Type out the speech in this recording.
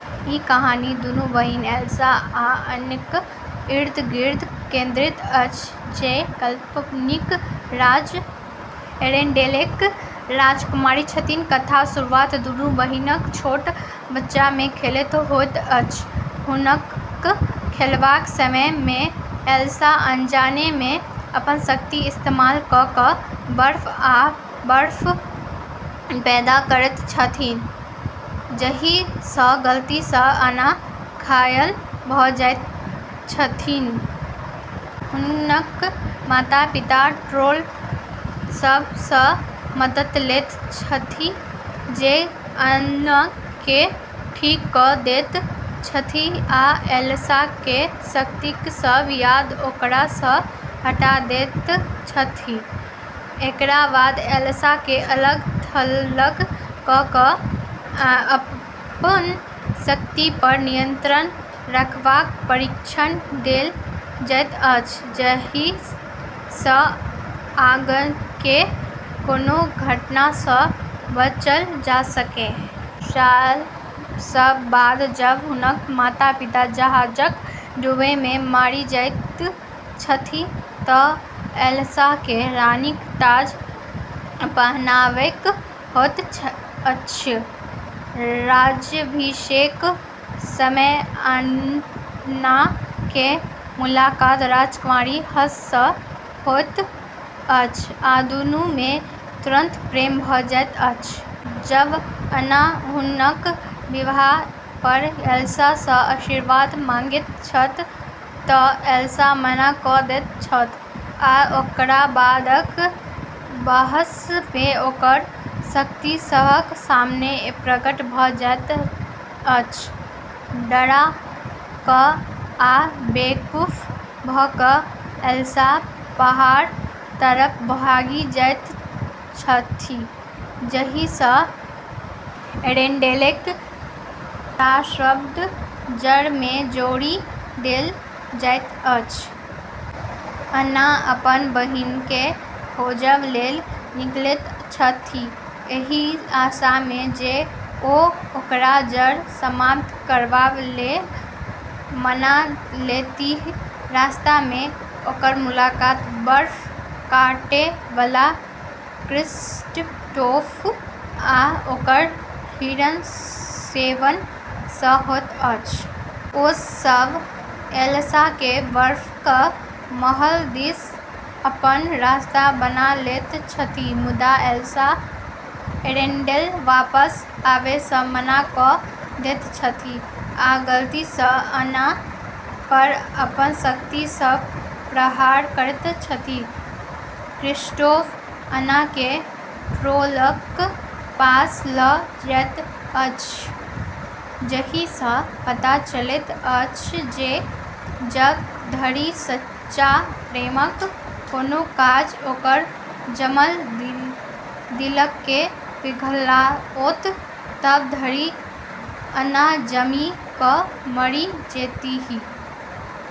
ई कहानी दुनू बहिन एल्सा आ अन्नाक इर्द-गिर्द केंद्रित अछि, जे काल्पनिक राज्य एरेंडेलके राजकुमारी छथि। कथाक शुरुआत दुनू बहिनक छोट बच्चा मे खेलैत होइत अछि। हुनक खेलबाक समय मे एल्सा अनजाने मे अपन शक्तिक इस्तेमाल कऽ कऽ बर्फ आ बरफ पैदा करैत छथि, जाही सँ गलती सँ अन्ना घायल भऽ जाइत छथि। हुनक माता-पिता ट्रोल सभ सँ मदद लैत छथि, जे अन्नाके ठीक कऽ दैत छथि आ एल्साके शक्तिक सब याद ओकरा सँ हटा दैत छथि। एकरा बाद एल्साके अलग-थलग कऽ कऽ अपन शक्ति पर नियंत्रण रखबाक प्रशिक्षण देल जाइत अछि, जाही सँ आगाँक कोनो घटना सँ बचल जा सकै। साल सभ बाद जब हुनक माता-पिता जहाजक डूबै मे मरि जाइत छथि, तँ एल्साके रानीक ताज पहनाएबक होइत अछि। राज्याभिषेकक समय अन्नाके मुलाकात राजकुमार हंस सँ होइत अछि, आ दुनू मे तुरंत प्रेम भऽ जाइत अछि। जब अन्ना हुनक बिआह पर एल्सा सँ आशीर्वाद मांगैत छथि तँ एल्सा मना कऽ दैत छथि आ ओकरा बादक बहस मे ओकर शक्ति सबहक सामने प्रकट भऽ जाइत अछि। डरा कऽ आ बेकाबू भऽ कऽ एल्सा पहाड़ तरफ भागि जाइत छथि, जाही सँ एरेंडेलके शाश्वत जाड़ मे छोड़ि देल जाइत अछि। अन्ना अपन बहिनके खोजब लेल निकलैत छथि, एहि आशा मे जे ओ ओकरा जाड़ समाप्त करबा लेल मना लेतीह। रास्ता मे ओकर मुलाकात बर्फ काटै बला क्रिस्टोफ आ ओकर हिरन स्वेन सँ होइत अछि। ओ सभ एल्साके बर्फक महल दिस अपन रास्ता बना लैत छथि, मुदा एल्सा एरेंडेल वापस आबै सँ मना कऽ दैत छथि, आ गलती सँ अन्ना पर अपन शक्ति सँ प्रहार करैत छथि। क्रिस्टोफ अन्नाके ट्रोलक पास लऽ जाइत अछि, जाही सँ पता चलैत अछि जे जब धरि सच्चा प्रेमक कोनो काज ओकर जमल दिलके पिघलाओत, तब धरि अन्ना जमि कऽ मरि जेतीह।